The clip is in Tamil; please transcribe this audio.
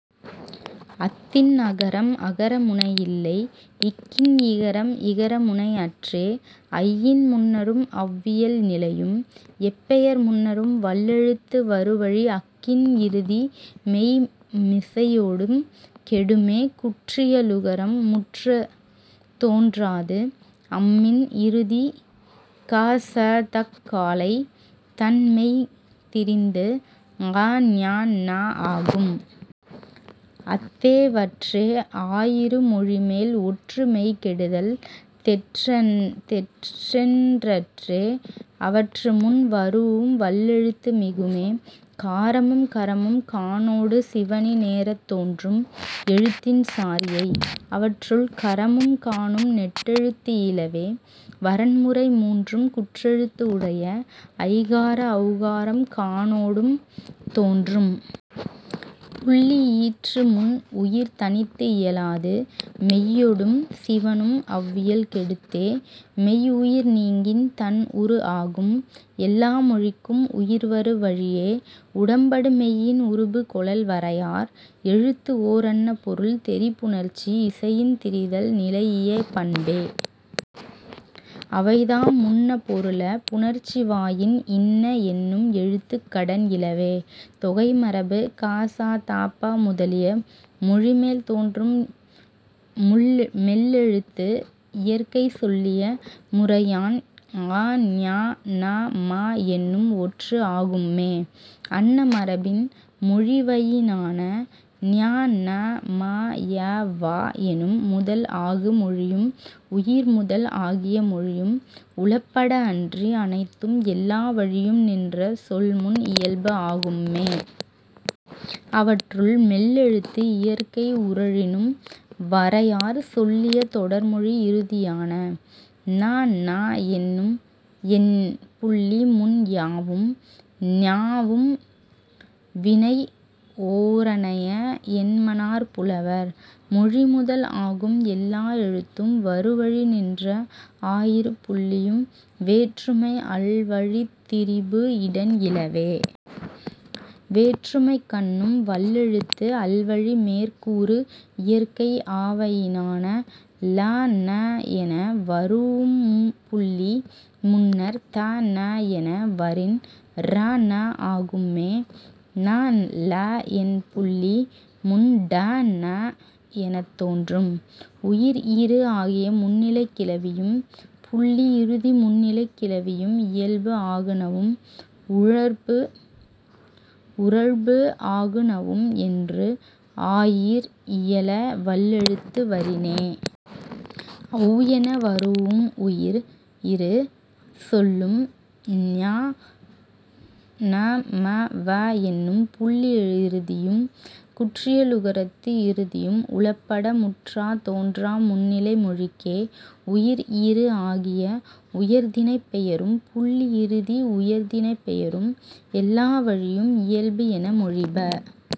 அத்தின் அகரம் அகர முனை இல்லை. இக்கின் இகரம் இகர முனை அற்றே. ஐயின் முன்னரும் அவ் இயல் நிலையும். எப் பெயர் முன்னரும் வல்லெழுத்து வரு வழி அக்கின் இறுதி மெய்ம் மிசையொடும் கெடுமே குற்றியலுகரம் முற்றத் தோன்றாது. அம்மின் இறுதி க ச தக் காலை தன் மெய் திரிந்து ங ஞ ந ஆகும். அத்தே வற்றே ஆயிரு மொழிமேல் ஒற்று மெய் கெடுதல் தெற்றென்றற்றே அவற்று முன் வரூஉம் வல்லெழுத்து மிகுமே. காரமும் கரமும் கானொடு சிவணி நேரத் தோன்றும் எழுத்தின் சாரியை. அவற்றுள், கரமும் கானும் நெட்டெழுத்து இலவே. வரன்முறை மூன்றும் குற்றெழுத்து உடைய. ஐகார ஔகாரம் கானொடும் தோன்றும். புள்ளி ஈற்று முன் உயிர் தனித்து இயலாது மெய்யொடும் சிவணும் அவ் இயல் கெடுத்தே. மெய் உயிர் நீங்கின் தன் உரு ஆகும். எல்லா மொழிக்கும் உயிர் வரு வழியே உடம்படுமெய்யின் உருபு கொளல் வரையார். எழுத்து ஓரன்ன பொருள் தெரி புணர்ச்சி இசையின் திரிதல் நிலைஇய பண்பே. அவைதாம், முன்னப் பொருள புணர்ச்சிவாயின் இன்ன என்னும் எழுத்துக் கடன் இலவே.. தொகைமரபு க ச த ப முதலிய மொழிமேல் தோன்றும் மெல்லெழுத்து இயற்கை சொல்லிய முறையான் ங ஞ ந ம என்னும் ஒற்று ஆகும்மே அன்ன மரபின் மொழிவயினான. ஞ ந ம ய வ எனும் முதல் ஆகு மொழியும் உயிர் முதல் ஆகிய மொழியும் உளப்பட அன்றி அனைத்தும் எல்லா வழியும் நின்ற சொல் முன் இயல்பு ஆகும்மே. அவற்றுள், மெல்லெழுத்து இயற்கை உறழினும் வரையார் சொல்லிய தொடர்மொழி இறுதியான. ண ன என் புள்ளி முன் யாவும் ஞாவும் வினை ஓரனைய என்மனார் புலவர். மொழி முதல் ஆகும் எல்லா எழுத்தும் வரு வழி நின்ற ஆயிரு புள்ளியும் வேற்றுமை அல் வழித் திரிபு இடன் இலவே. வேற்றுமைக்கண்ணும் வல்லெழுத்து அல் வழி மேற் கூறு இயற்கை ஆவயினான. ல ன என வரூஉம் புள்ளி முன்னர் த ந என வரின் ற ன ஆகும்மே. ண ள என் புள்ளி முன் ட ண எனத் தோன்றும். உயிர் ஈறு ஆகிய முன்னிலைக் கிளவியும் புள்ளி இறுதி முன்னிலைக் கிளவியும் இயல்பு ஆகுநவும் உறழ்பு ஆகுநவும் என்று ஆயீர் இயல வல்லெழுத்து வரினே. ஔ என வரூஉம் உயிர் இறு சொல்லும் ஞ ந ம வ என்னும் புள்ளி இறுதியும் குற்றியலுகரத்து இறுதியும் உளப்பட முற்றத் தோன்றா முன்னிலை மொழிக்கே. உயிர் ஈறு ஆகிய உயர்திணைப் பெயரும் புள்ளி இறுதி உயர்திணைப் பெயரும் எல்லா வழியும் இயல்பு என மொழிப.